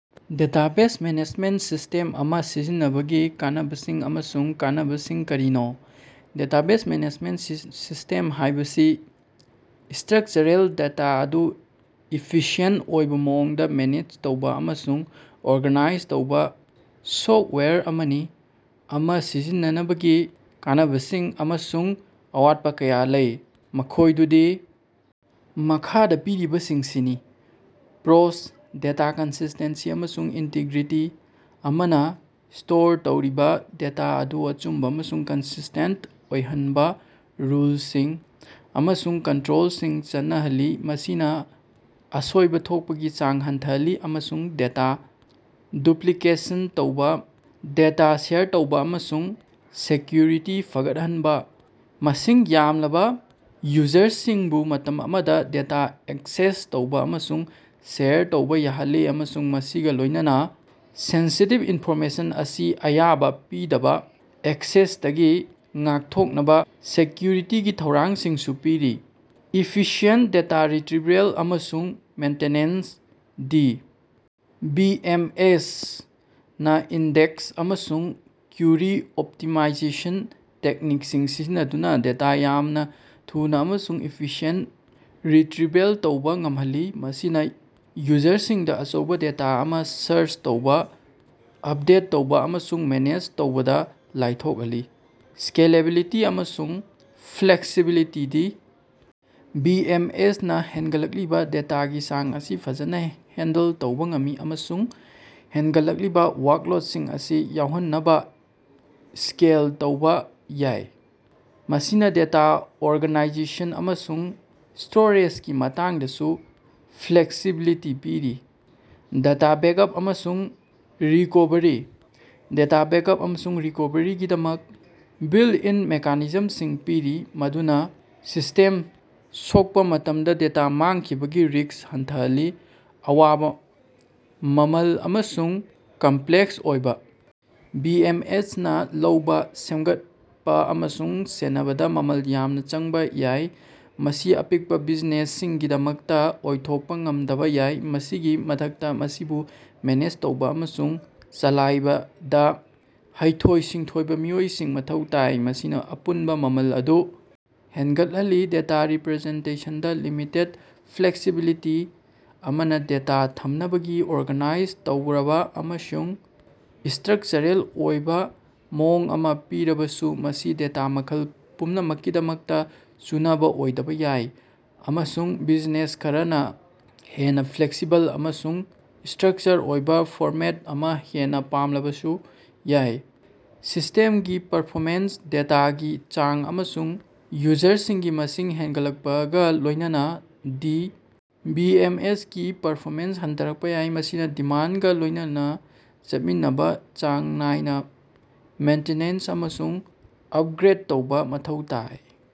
Database management system ꯑꯃꯥ ꯁꯤꯖꯤꯟꯅꯕꯒꯤ ꯀꯥꯟꯅꯕꯁꯤꯡ ꯑꯃꯁꯨꯡ ꯀꯥꯟꯅꯕꯁꯤꯡ ꯀꯔꯤꯅꯣ? ꯗꯦꯇꯥꯕꯦꯖ ꯃꯦꯅꯦꯖꯃꯦꯟꯇ ꯁꯤꯁ꯭ꯇꯦꯝ ꯍꯥꯏꯕꯁꯤ ꯏꯁ꯭ꯇꯔꯛꯆꯔꯦꯜ ꯗꯦꯇꯥ ꯑꯗꯨ ꯏꯐꯤꯁꯤꯑꯦꯟꯇ ꯑꯣꯏꯕꯥ ꯃꯑꯣꯡꯗꯥ ꯃꯦꯅꯦꯖ ꯇꯧꯕꯥ ꯑꯃꯁꯨꯡ ꯑꯣꯔꯒꯥꯅꯥꯏꯖ ꯇꯧꯕꯥ ꯁꯣꯐꯇꯋꯥꯌꯔꯅꯤ꯫ ꯑꯃꯥ ꯁꯤꯖꯤꯟꯅꯕꯒꯤ ꯀꯥꯟꯅꯕꯁꯤꯡ ꯑꯃꯁꯨꯡ ꯑꯋꯥꯠꯄꯥ ꯀꯌꯥ ꯂꯩ, ꯃꯈꯣꯏꯗꯨꯗꯤ ꯃꯈꯥꯗꯥ ꯄꯤꯔꯤꯕꯁꯤꯡꯁꯤꯅꯤ: ꯄ꯭ꯔꯣꯁ: ꯗꯦꯇꯥ ꯀꯟꯁꯤꯁ꯭ꯇꯦꯟꯁꯤ ꯑꯃꯁꯨꯡ ꯏꯟꯇꯤꯒ꯭ꯔꯤꯇꯤ: ꯑꯃꯅꯥ ꯁ꯭ꯇꯣꯔ ꯇꯧꯔꯤꯕꯥ ꯗꯦꯇꯥ ꯑꯗꯨ ꯑꯆꯨꯝꯕꯥ ꯑꯃꯁꯨꯡ ꯀꯟꯁꯤꯁ꯭ꯇꯦꯟꯇ ꯑꯣꯏꯍꯟꯅꯕꯥ ꯔꯨꯜꯁꯤꯡ ꯑꯃꯁꯨꯡ ꯀꯟꯇꯔꯣꯜꯁꯤꯡ ꯆꯠꯅꯍꯜꯂꯤ, ꯃꯁꯤꯅꯥ ꯑꯁꯣꯏꯕꯥ ꯊꯣꯛꯄꯒꯤ ꯆꯥꯡ ꯍꯟꯊꯍꯜꯂꯤ꯫ ꯑꯃꯁꯨꯡ ꯗꯦꯇꯥ ꯗꯨꯞꯂꯤꯀꯦꯁꯟ ꯇꯧꯕꯥ꯫ ꯗꯦꯇꯥ ꯁꯦꯌꯔ ꯇꯧꯕꯥ ꯑꯃꯁꯨꯡ ꯁꯦꯛꯀ꯭ꯌꯨꯔꯤꯇꯤ ꯐꯒꯠꯍꯟꯕꯥ: ꯃꯁꯤꯡ ꯌꯥꯝꯂꯕꯥ ꯌꯨꯖꯔꯁꯤꯡꯕꯨ ꯃꯇꯝ ꯑꯃꯗꯥ ꯗꯦꯇꯥ ꯑꯦꯛꯁꯦꯁ ꯇꯧꯕꯥ ꯑꯃꯁꯨꯡ ꯁꯦꯌꯔ ꯇꯧꯕꯥ ꯌꯥꯍꯜꯂꯤ ꯑꯃꯁꯨꯡ ꯃꯁꯤꯒꯥ ꯂꯣꯏꯅꯅꯥ ꯁꯦꯟꯁꯤꯇꯤꯕ ꯏꯟꯐꯣꯔꯃꯦꯁꯟ ꯑꯁꯤ ꯑꯌꯥꯕꯥ ꯄꯤꯗꯕꯥ ꯑꯦꯛꯁꯦꯁꯇꯒꯤ ꯉꯥꯛꯊꯣꯛꯅꯕꯥ ꯁꯦꯛꯀ꯭ꯌꯨꯔꯤꯇꯤꯒꯤ ꯊꯧꯔꯥꯡꯁꯤꯡꯁꯨ ꯄꯤꯔꯤ꯫ ꯏꯐꯤꯁꯤꯌꯦꯟꯇ ꯗꯦꯇꯥ ꯔꯤꯇꯔꯤꯚꯦꯜ ꯑꯃꯁꯨꯡ maintenance: D. B. M. S. ꯅꯥ ꯏꯟꯗꯦꯛꯁ ꯑꯃꯁꯨꯡ ꯀ꯭ꯌꯨꯔꯤ ꯑꯣꯞꯇꯤꯃꯥꯏꯖꯦꯁꯟ ꯇꯦꯛꯅꯤꯛꯁꯤꯡ ꯁꯤꯖꯤꯟꯅꯗꯨꯅꯥ ꯗꯦꯇꯥ ꯌꯥꯝꯅꯥ ꯊꯨꯅꯥ ꯑꯃꯁꯨꯡ ꯏꯐꯤꯁꯤꯌꯦꯟꯇ ꯔꯤꯇꯔꯤꯚꯦꯜ ꯇꯧꯕꯥ ꯉꯝꯍꯜꯂꯤ꯫ ꯃꯁꯤꯅꯥ ꯌꯨꯖꯔꯁꯤꯡꯗꯥ ꯑꯆꯧꯕꯥ ꯗꯦꯇꯥ ꯑꯃꯥ ꯁꯥꯔꯆ ꯇꯧꯕꯥ, ꯑꯄꯗꯦꯠ ꯇꯧꯕꯥ ꯑꯃꯁꯨꯡ ꯃꯦꯅꯦꯖ ꯇꯧꯕꯗꯥ ꯂꯥꯏꯊꯣꯛꯍꯜꯂꯤ꯫ ꯁ꯭ꯀꯦꯂꯦꯕꯤꯂꯤꯇꯤ ꯑꯃꯁꯨꯡ flexibility: D. B. M. S. ꯅꯥ ꯍꯦꯟꯒꯠꯂꯛꯂꯤꯕꯥ ꯗꯦꯇꯥꯒꯤ ꯆꯥꯡ ꯑꯁꯤ ꯐꯖꯅꯥ ꯍꯦꯟꯗꯜ ꯇꯧꯕꯥ ꯉꯝꯃꯤ ꯑꯃꯁꯨꯡ ꯍꯦꯟꯒꯠꯂꯛꯂꯤꯕꯥ ꯋꯥꯔꯛꯂꯣꯠꯁꯤꯡ ꯑꯁꯤ ꯌꯥꯎꯍꯟꯅꯕꯥ ꯁ꯭ꯀꯦꯜ ꯇꯧꯕꯥ ꯌꯥꯏ꯫ ꯃꯁꯤꯅꯥ ꯗꯦꯇꯥ ꯑꯣꯔꯒꯅꯥꯏꯖꯦꯁꯟ ꯑꯃꯁꯨꯡ ꯁ꯭ꯇꯣꯔꯦꯖꯒꯤ ꯃꯇꯥꯡꯗꯁꯨ ꯐ꯭ꯂꯦꯛꯁꯤꯕꯤꯂꯤꯇꯤ ꯄꯤꯔꯤ꯫ ꯗꯦꯇꯥ ꯕꯦꯀꯑꯞ ꯑꯃꯁꯨꯡ ꯔꯤꯀꯣꯚꯔꯤ: ꯗꯦꯇꯥ ꯕꯦꯀꯑꯞ ꯑꯃꯁꯨꯡ ꯔꯤꯀꯣꯚꯔꯤꯒꯤꯗꯃꯛ ꯕꯤꯜꯇ-ꯏꯟ ꯃꯦꯀꯥꯅꯤꯖꯝꯁꯤꯡ ꯄꯤꯔꯤ, ꯃꯗꯨꯅꯥ ꯁꯤꯁ꯭ꯇꯦꯝ ꯁꯣꯀꯄꯥ ꯃꯇꯝꯗꯥ ꯗꯦꯇꯥ ꯃꯥꯡꯈꯤꯕꯒꯤ ꯔꯤꯁ꯭ꯛ ꯍꯟꯊꯍꯜꯂꯤ꯫ ꯑꯋꯥꯕꯥ: ꯃꯃꯜ ꯑꯃꯁꯨꯡ ꯀꯝꯞꯂꯦꯛꯁ ꯑꯣꯏꯕꯥ: ꯗꯤ. ꯕꯤ. ꯑꯦꯝ. ꯑꯦꯁ. ꯅꯥ ꯂꯧꯕꯥ, ꯁꯦꯝꯒꯠꯄꯥ ꯑꯃꯁꯨꯡ ꯁꯦꯟꯅꯕꯗꯥ ꯃꯃꯜ ꯌꯥꯝꯅꯥ ꯆꯪꯕꯥ ꯌꯥꯏ, ꯃꯁꯤ ꯑꯄꯤꯛꯄꯥ ꯕꯤꯖꯤꯅꯦꯁꯁꯤꯡꯒꯤꯗꯃꯛꯇꯥ ꯑꯣꯏꯊꯣꯛꯄꯥ ꯉꯝꯗꯕꯥ ꯌꯥꯏ꯫ ꯃꯁꯤꯒꯤ ꯃꯊꯛꯇꯥ, ꯃꯁꯤꯕꯨ ꯃꯦꯅꯦꯖ ꯇꯧꯕꯥ ꯑꯃꯁꯨꯡ ꯆꯂꯥꯏꯕꯗꯥ ꯍꯩꯊꯣꯏ-ꯁꯤꯡꯊꯣꯏꯔꯕꯥ ꯃꯤꯑꯣꯏꯁꯤꯡ ꯃꯊꯧ ꯇꯥꯏ, ꯃꯁꯤꯅꯥ ꯑꯄꯨꯟꯕꯥ ꯃꯃꯜ ꯑꯗꯨ ꯍꯦꯟꯒꯠꯍꯜꯂꯤ꯫ ꯗꯦꯇꯥ ꯔꯤꯞꯔꯖꯦꯟꯇꯦꯁꯟꯗꯥ ꯂꯤꯃꯤꯇꯦꯗ ꯐ꯭ꯂꯦꯛꯁꯤꯕꯤꯂꯤꯇꯤ: ꯑꯃꯅꯥ ꯗꯦꯇꯥ ꯊꯝꯅꯕꯒꯤ ꯑꯣꯔꯒꯥꯅꯥꯏꯖ ꯇꯧꯔꯕꯥ ꯑꯃꯁꯨꯡ ꯏꯁ꯭ꯇꯔꯛꯆꯔꯦꯜ ꯑꯣꯏꯕꯥ ꯃꯑꯣꯡ ꯑꯃꯥ ꯄꯤꯔꯕꯁꯨ, ꯃꯁꯤ ꯗꯦꯇꯥ ꯃꯈꯜ ꯄꯨꯝꯅꯃꯛꯀꯤꯗꯃꯛꯇꯥ ꯆꯨꯅꯕꯥ ꯑꯣꯏꯗꯕꯥ ꯌꯥꯏ, ꯑꯃꯁꯨꯡ ꯕꯤꯖꯤꯅꯦꯁ ꯈꯔꯅꯥ ꯍꯦꯟꯅꯥ ꯐ꯭ꯂꯦꯛꯁꯤꯕꯜ ꯑꯃꯁꯨꯡ ꯏꯁ꯭ꯇꯔꯛꯆꯔ ꯑꯣꯏꯕꯥ ꯐꯣꯔꯃꯦꯠ ꯑꯃꯥ ꯍꯦꯟꯅꯥ ꯄꯥꯝꯂꯕꯁꯨ ꯌꯥꯏ꯫ ꯁꯤꯁ꯭ꯇꯦꯝꯒꯤ ꯄꯔꯐꯣꯃꯦꯟꯁ: ꯗꯦꯇꯥꯒꯤ ꯆꯥꯡ ꯑꯃꯁꯨꯡ ꯌꯨꯖꯔꯁꯤꯡꯒꯤ ꯃꯁꯤꯡ ꯍꯦꯟꯒꯠꯂꯛꯄꯒꯥ ꯂꯣꯏꯅꯅꯥ ꯗꯤ ꯕꯤ꯬ ꯑꯦꯝ. ꯑꯦꯁ. ꯀꯤ ꯄꯔꯐꯣꯃꯦꯟꯁ ꯍꯟꯊꯔꯛꯄꯥ ꯌꯥꯏ, ꯃꯁꯤꯅꯥ ꯗꯤꯃꯥꯟꯗꯒꯥ ꯂꯣꯏꯅꯅꯥ ꯆꯠꯃꯤꯟꯅꯕꯥ ꯆꯥꯡ ꯅꯥꯏꯅꯥ ꯃꯦꯟꯇꯤꯅꯦꯟꯁ ꯑꯃꯁꯨꯡ ꯑꯄꯒ꯭ꯔꯦꯗ ꯇꯧꯕꯥ ꯃꯊꯧ ꯇꯥꯏ꯫